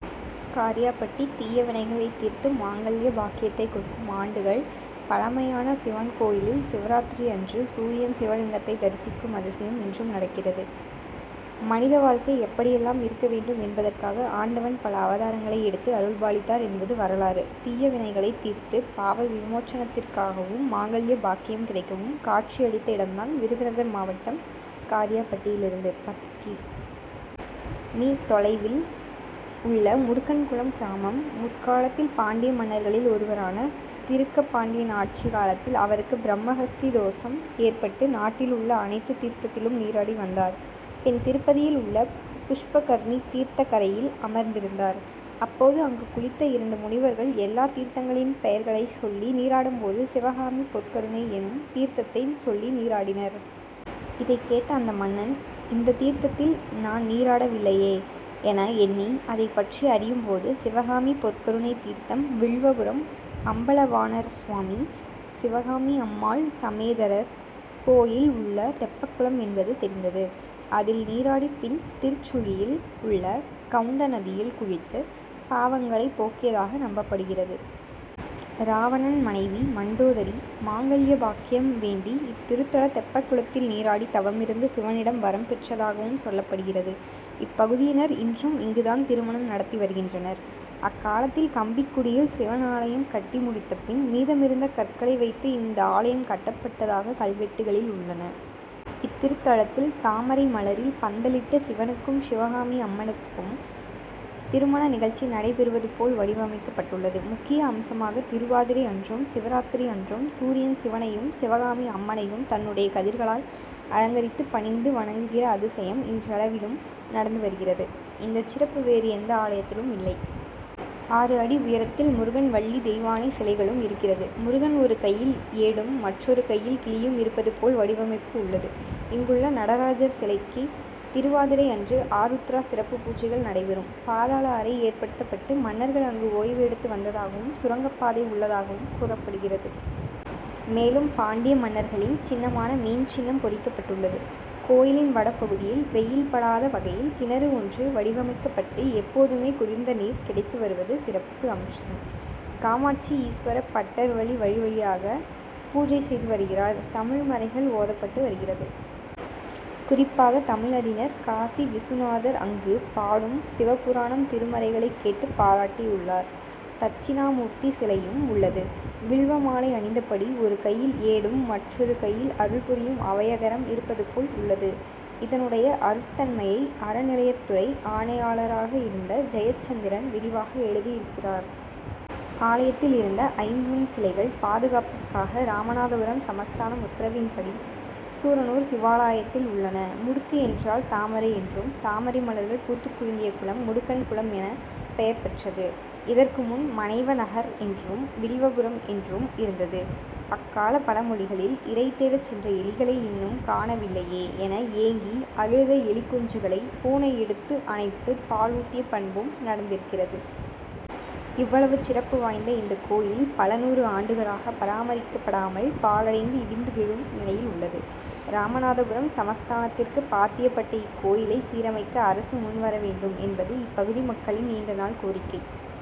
காரியாபட்டி தீயவினைகளை தீர்த்து மாங்கல்ய பாக்கியத்தை கொடுக்கும் ஆண்டுகள் பழமையான சிவன்கோயிலில் சிவராத்திரி அன்று சூரியன் சிவலிங்கத்தை தரிசிக்கும் அதிசயம் இன்றும் நடக்கிறது. மனித வாழ்க்கை எப்படி எல்லாம் இருக்க வேண்டும் என்பதற்காக ஆண்டவன் பல அவதாரங்கள் எடுத்து அருள்பாலித்தார் என்பது வரலாறு. தீயவினைகளை தீர்த்து பாவ விமோசனத்திற்காகவும் மாங்கல்ய பாக்கியம் கிடைக்கவும் காட்சி அளித்த இடம்தான் விருதுநகர் மாவட்டம் காரியாபட்டியிலிருந்து பத்து கி. மீ.தொலைவில் உள்ள முடுக்கன்குளம் கிராமம். முற்காலத்தில் பாண்டியமன்னர்களில் ஒருவரான திருக்கபாண்டியன் ஆட்சி காலத்தில் அவருக்கு பிரம்மகஸ்தி தோஷம் ஏற்பட்டு நாட்டில் உள்ள அனைத்து தீர்த்தத்திலும் நீராடி வந்தார். பின் திருப்பதியில் உள்ள புஷ்பகர்ணி தீர்த்தகரையில் அமர்ந்திருந்தார். அப்போது அங்கு குளித்த இரண்டு முனிவர்கள் எல்லா தீர்த்தங்களின் பெயர்களை சொல்லி நீராடும்போது சிவகாமி பொற்கருனை எனும் தீர்த்தத்தை சொல்லி நீராடினர். இதை கேட்ட அந்த மன்னன் இந்த தீர்த்ததில் நான் நீராடவில்லையே என எண்ணி அதைப்பற்றி அறியும்போது சிவகாமி பொற்கருனை தீர்த்தம் வில்வபுரம் அம்பலவாணர்சுவாமி சிவகாமி அம்மாள் சமேதரர் கோயில் உள்ள தெப்பக்குளம் என்பது தெரிந்தது. அதில் நீராடி பின் திருச்சுழியில் உள்ள கவுண்டநதியில் குளித்து பாவங்களை போக்கியதாக நம்பப்படுகிறது. ராவணன் மனைவி மண்டோதரி மாங்கல்ய பாக்கியம் வேண்டி இத்திருத்தல தெப்பகுளத்தில் நீராடி தவமிருந்து சிவனிடம் வரம் பெற்றதாகவும் சொல்லப்படுகிறது. இப்பகுதியினர் இன்றும் இங்குதான் திருமணம் நடத்தி வருகின்றனர். அக்காலத்தில் கம்பிக்குடியில் சிவன் ஆலயம் கட்டி முடித்த பின் மீதமிருந்த கற்களை வைத்து இந்த ஆலயம் கட்டப்பட்டதாக கல்வெட்டுகளில் உள்ளன. இத்திருத்தலத்தில் தாமரை மலரில் பந்தலிட்டு சிவனுக்கும் சிவகாமி அம்மனுக்கும் திருமண நிகழ்ச்சி நடைபெறுவதுபோல் வடிவமைக்கப்பட்டுள்ளது. முக்கிய அம்சமாக திருவாதிரை அன்றும் சிவராத்திரி அன்றும் சூரியன் சிவனையும் சிவகாமி அம்மனையும் தன்னுடைய கதிர்களால் அலங்கரித்து பணிந்து வணங்குகிற அதிசயம் இன்றளவிலும் நடந்து வருகிறது. இந்த சிறப்பு வேறு எந்த ஆலயத்திலும் இல்லை. ஆறு அடி உயரத்தில் முருகன் வள்ளி தெய்வானை சிலைகளும் இருக்கிறது. முருகன் ஒரு கையில் ஏடும் மற்றொரு கையில் கிளியும் இருப்பது போல் வடிவமைப்பு உள்ளது. இங்குள்ள நடராஜர் சிலைக்கு திருவாதிரை அன்று ஆருத்ரா சிறப்பு பூஜைகள் நடைபெறும். பாதாள அறை ஏற்படுத்தப்பட்டு மன்னர்கள் அங்கு ஓய்வு எடுத்து வந்ததாகவும் சுரங்கப்பாதை உள்ளதாகவும் கூறப்படுகிறது. மேலும் பாண்டிய மன்னர்களின் சின்னமான மீன் சின்னம் பொறிக்கப்பட்டுள்ளது. கோயிலின் வடபகுதியில் வெயில் படாத வகையில் கிணறு ஒன்று வடிவமைக்கப்பட்டு எப்போதுமே குளிர்ந்த நீர் கிடைத்து வருவது சிறப்பு அம்சம். காமாட்சி ஈஸ்வர பட்டர் வழி வழியாக பூஜை செய்து வருகிறார். தமிழ் மறைகள் ஓதப்பட்டு வருகிறது. குறிப்பாக தமிழ் அறிஞர் காசிவிசுநாதர் அங்கு பாடும் சிவபுராணம் திருமறைகளை கேட்டு பாராட்டி உள்ளார். தட்சிணாமூர்த்தி சிலையும் உள்ளது. வில்வ மாலை அணிந்த படி ஒரு கையில் ஏடும் மற்றொது கையில் அருள் புரியும் அவையகரம் இருப்பது போல் உள்ளது. இதனுடைய அருட்தன்மையை அறநிலையத்துறை ஆணையாளராக இருந்த ஜெயச்சந்திரன் விரிவாக எழுதி இருக்கிறார். ஆலயத்தில் இருந்த ஐம்பொன் சிலைகள் பாதுகாப்புக்காக ராமநாதபுரம் சமஸ்தானம் உத்தரவின்படி சூரனூர் சிவாலயத்தில் உள்ளன. முடுக்கு என்றால் தாமரை என்றும் தாமரை மலர்கள் பூத்துக் குலுங்கிய குளம் முடுக்கன்களம் என பெயர் பெற்றது. இதற்கு முன் மனைவநகர் என்றும் வில்வபுரம் என்றும் இருந்தது. அக்கால பழமொழிகளில் இறைதேட சென்ற எலிகளை இன்னும் காணவில்லையே என ஏங்கி அழுத எலி குஞ்சுகளை பூனை எடுத்து அணைத்து பாலூட்டிய பண்பும் நடந்திருக்கிறது. இவ்வளவு சிறப்பு வாய்ந்த இந்த கோயில் பல நூறு ஆண்டுகளாக பராமரிக்கப்படாமல் பாழடைந்து இடிந்து விழும் நிலையில் உள்ளது. ராமநாதபுரம் சமஸ்தானத்திற்கு பாத்தியப்பட்ட இக்கோயிலை சீரமைக்க அரசு முன்வரவேண்டும் என்பது இப்பகுதி மக்களின் நீண்ட நாள் கோரிக்கை.